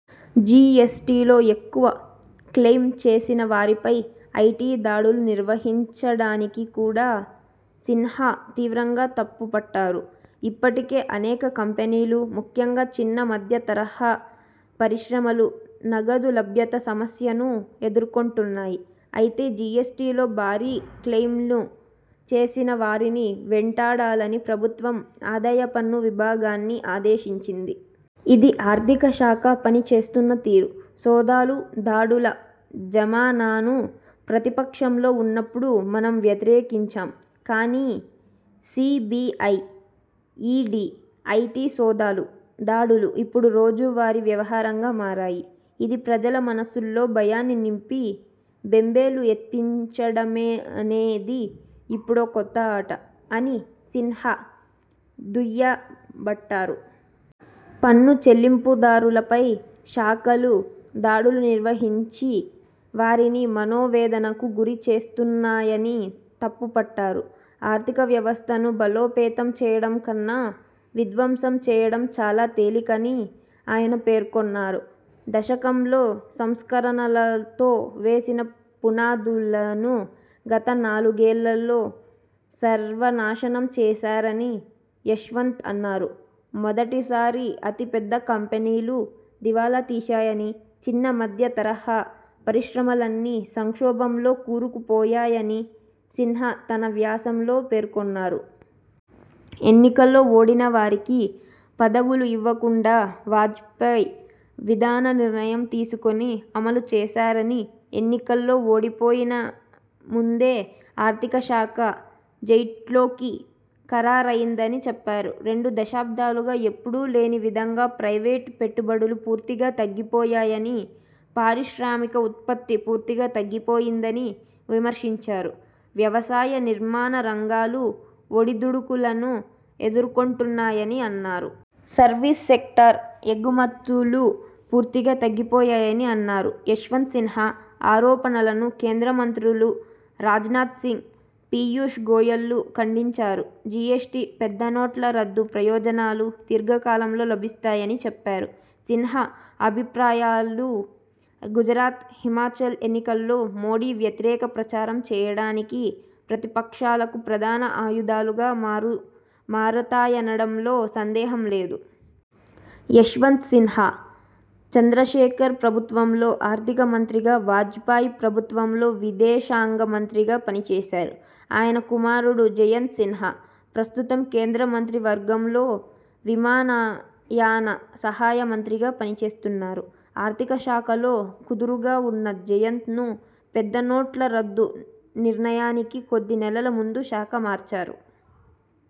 జీఎస్టీలో ఎక్కువ క్లెయిమ్ చేసిన వారిపై ఐటీ దాడులు నిర్వహించడాన్ని కూడా సిన్హా తీవ్రంగా తప్పుపట్టారు. ''ఇప్పటికే అనేక కంపెనీలు, ముఖ్యంగా చిన్న, మధ్య తరహా పరిశ్రమలు నగదు లభ్యత సమస్యను ఎదుర్కొంటున్నాయి. అయితే జీఎస్టీలో భారీ క్లెయిమ్లు చేసిన వారిని వెంటాడాలని ప్రభుత్వం ఆదాయపన్ను విభాగాన్ని ఆదేశించింది. ఇది ఆర్థిక శాఖ పనిచేస్తున్న తీరు. సోదాలు, దాడుల జమానాను ప్రతిపక్షంలో ఉన్నప్పుడు మనం వ్యతిరేకించాం. కానీ సీబీఐ, ఈడీ, ఐటీ సోదాలు, దాడులు ఇప్పుడు రోజువారీ వ్యవహారంగా మారాయి. ఇది ప్రజల మనస్సుల్లో భయాన్ని నింపి బేంబేలు ఎత్తించడమనేది ఇప్పుడో కొత్త ఆట '' అని సిన్హా దుయ్యబట్టారు. పన్ను చెల్లింపుదారులపై శాఖలు దాడులు నిర్వహించి వారిని మనోవేదనకు గురి చేస్తున్నాయని తప్పు పట్టారు. ఆర్ధిక వ్యవస్థను బలోపేతం చేయడం కన్నా విధ్వంసం చేయడం చాలా తేలికని ఆయన పేర్కొన్నారు. దశకంలో సంస్కరణలతో వేసిన పునాదులను గత నాలుగేళ్లలో సర్వనాశనం చేశారని యశ్వంత్ అన్నారు. మొదటిసారి అతిపెద్ద కంపెనీలు దివాలా తీశాయని, చిన్న, మధ్య తరహా పరిశ్రమలన్నీ సంక్షోభంలో కూరుకుపోయాయని సిన్హా తన వ్యాసంలో పేర్కొన్నారు. ఎన్నికల్లో ఓడిన వారికి పదవులు ఇవ్వకుండా వాజ్పేయి విధాన నిర్ణయం తీసుకుని, అమలు చేశారని, ఎన్నికల్లో ఓడిపోయినా ముందే ఆర్థిక శాఖ జైట్లీకి ఖరారైందని చెప్పారు. రెండు దశాబ్దాలుగా ఎప్పుడూ లేనివిధంగా ప్రైవేటు పెట్టుబడులు పూర్తిగా తగ్గిపోయాయని, పారిశ్రామిక ఉత్పత్తి పూర్తిగా తగ్గిపోయిందని విమర్శించారు. వ్యవసాయ, నిర్మాణ రంగాలు ఒడిదుడుకులను ఎదుర్కొంటున్నాయని అన్నారు. సర్వీస్ సెక్టార్, ఎగుమతులు పూర్తిగా తగ్గిపోయాయని అన్నారు. యశ్వంత్ సిన్హా ఆరోపణలను కేంద్ర మంత్రులు రాజ్నాథ్సింగ్, పియూష్ గోయల్లు ఖండించారు. జీఎస్టీ, పెద్ద నోట్ల రద్దు ప్రయోజనాలు దీర్ఘకాలంలో లభిస్తాయని చెప్పారు. సిన్హా అభిప్రాయాలు గుజరాత్, హిమాచల్ ఎన్నికల్లో మోదీ వ్యతిరేక ప్రచారం చేయడానికి ప్రతిపక్షాలకు ప్రధాన ఆయుధాలుగా మారతాయనడంలో సందేహం లేదు. యశ్వంత్ సిన్హా చంద్రశేఖర్ ప్రభుత్వంలో ఆర్థిక మంత్రిగా, వాజ్పేయి ప్రభుత్వంలో విదేశాంగ మంత్రిగా పనిచేశారు. ఆయన కుమారుడు జయంత్ సిన్హా ప్రస్తుతం కేంద్ర మంత్రివర్గంలో విమానయాన సహాయ మంత్రిగా పని చేస్తున్నారు. ఆర్థిక శాఖలో కుదురుగా ఉన్న జయంత్ను పెద్దనోట్ల రద్దు నిర్ణయానికి కొద్ది నెలల ముందు శాఖ మార్చారు.